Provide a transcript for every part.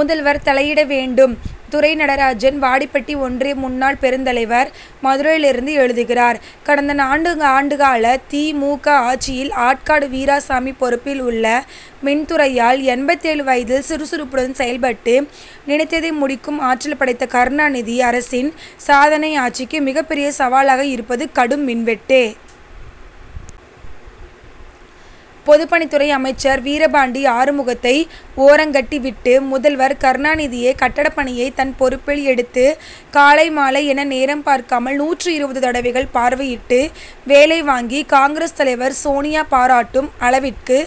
முதல்வர் தலையிட வேண்டும்! துரை நடராஜன் வாடிப்பட்டி ஒன்றிய முன்னாள் பெருந்தலைவர் மதுரையிலிருந்து எழுதுகிறார் கடந்த நான்கு ஆண்டுகால தி. மு. க. ஆட்சியில் ஆற்காடு வீராசாமி பொறுப்பில் உள்ள மின் துறையால் எண்பத்தேழு வயதில் சுறுசுறுப்புடன் செயல்பட்டு நினைத்ததை முடிக்கும் ஆற்றல் படைத்த கருணாநிதி அரசின் சாதனை ஆட்சிக்கு மிகப்பெரிய சவாலாக இருப்பது கடும் மின்வெட்டே. பொதுப்பணித்துறை அமைச்சர் வீரபாண்டி ஆறுமுகத்தை ஓரங்கட்டிவிட்டு முதல்வர் கருணாநிதியே கட்டடப் பணியை தன் பொறுப்பில் எடுத்து காலை மாலை என நேரம் பார்க்காமல் நூற்று இருபது தடவைகள் பார்வையிட்டு வேலை வாங்கி காங்கிரஸ் தலைவர் சோனியா பாராட்டும் அளவிற்கு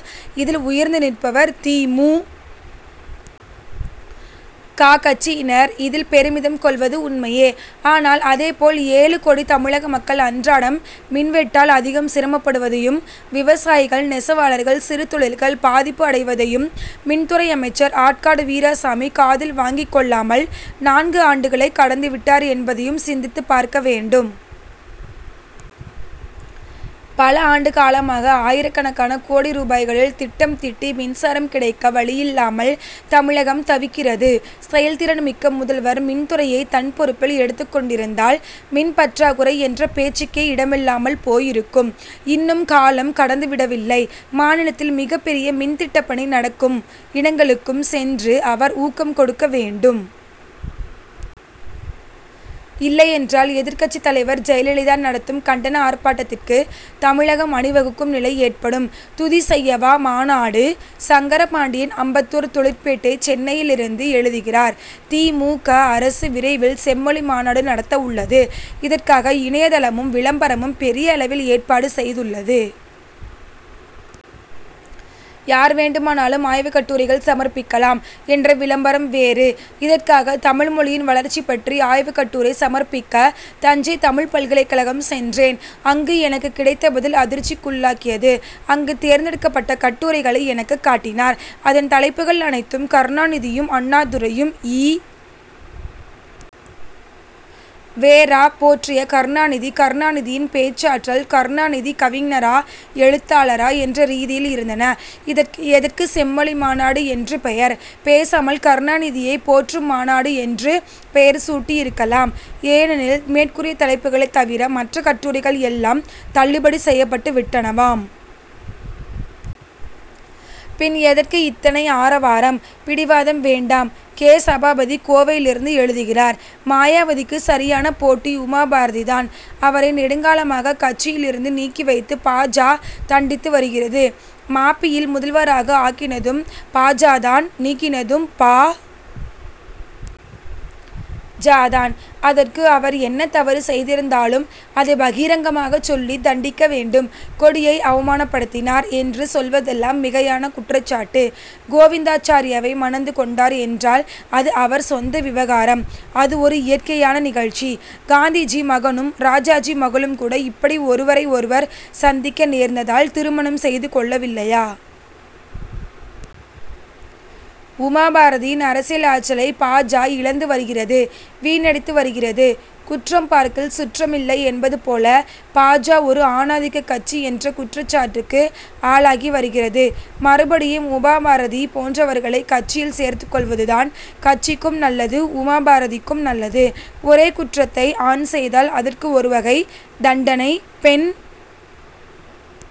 இதில் உயர்ந்து நிற்பவர்! தி. மு. க. கட்சியினர் இதில் பெருமிதம் கொள்வது உண்மையே! ஆனால் அதேபோல் ஏழு கோடி தமிழக மக்கள் அன்றாடம் மின்வெட்டால் அதிகம் சிரமப்படுவதையும் விவசாயிகள் நெசவாளர்கள் சிறுதொழில்கள் பாதிப்பு அடைவதையும் மின்துறை அமைச்சர் ஆற்காடு வீராசாமி காதில் வாங்கிக் கொள்ளாமல் நான்கு ஆண்டுகளை கடந்துவிட்டார் என்பதையும் சிந்தித்து பார்க்க வேண்டும். பல ஆண்டு காலமாக ஆயிரக்கணக்கான கோடி ரூபாய்களில் திட்டம் தீட்டி மின்சாரம் கிடைக்க வழியில்லாமல் தமிழகம் தவிக்கிறது. செயல்திறன்மிக்க முதல்வர் மின்துறையை தன் பொறுப்பில் எடுத்துக் கொண்டிருந்தால் மின் பற்றாக்குறை என்ற பேச்சுக்கே இடமில்லாமல் போயிருக்கும். இன்னும் காலம் கடந்து விடவில்லை! மாநிலத்தில் மிகப்பெரிய மின்திட்டப்பணி நடக்கும் இடங்களுக்கும் சென்று அவர் ஊக்கம் கொடுக்க வேண்டும்! இல்லையென்றால் எதிர்க்கட்சித் தலைவர் ஜெயலலிதா நடத்தும் கண்டன ஆர்ப்பாட்டத்திற்கு தமிழகம் அணிவகுக்கும் நிலை ஏற்படும். துதி செய்யவா மாநாடு? சங்கர பாண்டியன் அம்பத்தூர் தொழிற்பேட்டை சென்னையிலிருந்து எழுதுகிறார் தி. மு. க. அரசு விரைவில் செம்மொழி மாநாடு நடத்த உள்ளது. இதற்காக இணைய தளமும் விளம்பரமும் பெரிய அளவில் ஏற்பாடு செய்துள்ளது. யார் வேண்டுமானாலும் ஆய்வுக்கட்டுரைகள் சமர்ப்பிக்கலாம் என்ற விளம்பரம் வேறு! இதற்காக தமிழ்மொழியின் வளர்ச்சி பற்றி ஆய்வுக் கட்டுரை சமர்ப்பிக்க தஞ்சை தமிழ்ப் பல்கலைக்கழகம் சென்றேன். அங்கு எனக்குக் கிடைத்த பதில் அதிர்ச்சிக்குள்ளாக்கியது. அங்கு தேர்ந்தெடுக்கப்பட்ட கட்டுரைகளை எனக்குக் காட்டினார். அதன் தலைப்புகள் அனைத்தும் கருணாநிதியும் அண்ணாதுரையும் ஈ. வெ. ரா. போற்றிய கருணாநிதி கருணாநிதியின் பேச்சாற்றல் கருணாநிதி கவிஞரா எழுத்தாளரா என்ற ரீதியில் இருந்தன. இதற்கு எதற்கு செம்மொழி மாநாடு என்று பெயர்? பேசாமல் கருணாநிதியை போற்றும் மாநாடு என்று பெயர் சூட்டியிருக்கலாம். ஏனெனில் மேற்கூறிய தலைப்புகளைத் தவிர மற்ற கட்டுரைகள் எல்லாம் தள்ளுபடி செய்யப்பட்டு விட்டனவாம். பின் எதற்கு இத்தனை ஆரவாரம்? பிடிவாதம் வேண்டாம்! கே. சபாபதி கோவையிலிருந்து எழுதுகிறார் மாயாவதிக்கு சரியான போட்டி உமாபாரதி தான். அவரை நெடுங்காலமாக கட்சியில் இருந்து நீக்கி வைத்து பா. ஜ. தண்டித்து வருகிறது. ம. பி.யில் முதல்வராக ஆக்கினதும் பா. ஜ. தான் நீக்கினதும் பா. ஜ. தான். அதற்கு அவர் என்ன தவறு செய்திருந்தாலும் அதைப் பகிரங்கமாகச் சொல்லி தண்டிக்க வேண்டும். கொடியை அவமானப்படுத்தினார் என்று சொல்வதெல்லாம் மிகையான குற்றச்சாட்டு. கோவிந்தாச்சார்யாவை மணந்து கொண்டார் என்றால் அது அவர் சொந்த விவகாரம் அது ஒரு இயற்கையான நிகழ்ச்சி. காந்திஜி மகனும் ராஜாஜி மகளும் கூட இப்படி ஒருவரை ஒருவர் சந்திக்க நேர்ந்ததால் திருமணம் செய்து கொள்ளவில்லையா? உமாபாரதியின் அரசியல் ஆற்றலை பா. ஜ. இழந்து வருகிறது வீணடித்து வருகிறது. குற்றம் பார்க்கில் சுற்றம் இல்லை என்பது போல பா. ஜ. ஒரு ஆணாதிக்கக் கட்சி என்ற குற்றச்சாட்டுக்கு ஆளாகி வருகிறது. மறுபடியும் உமாபாரதி போன்றவர்களை கட்சியில் சேர்த்துக் கொள்வது தான் கட்சிக்கும் நல்லது உமாபாரதிக்கும் நல்லது. ஒரே குற்றத்தை ஆண் செய்தால் அதற்கு ஒரு வகை தண்டனை பெண்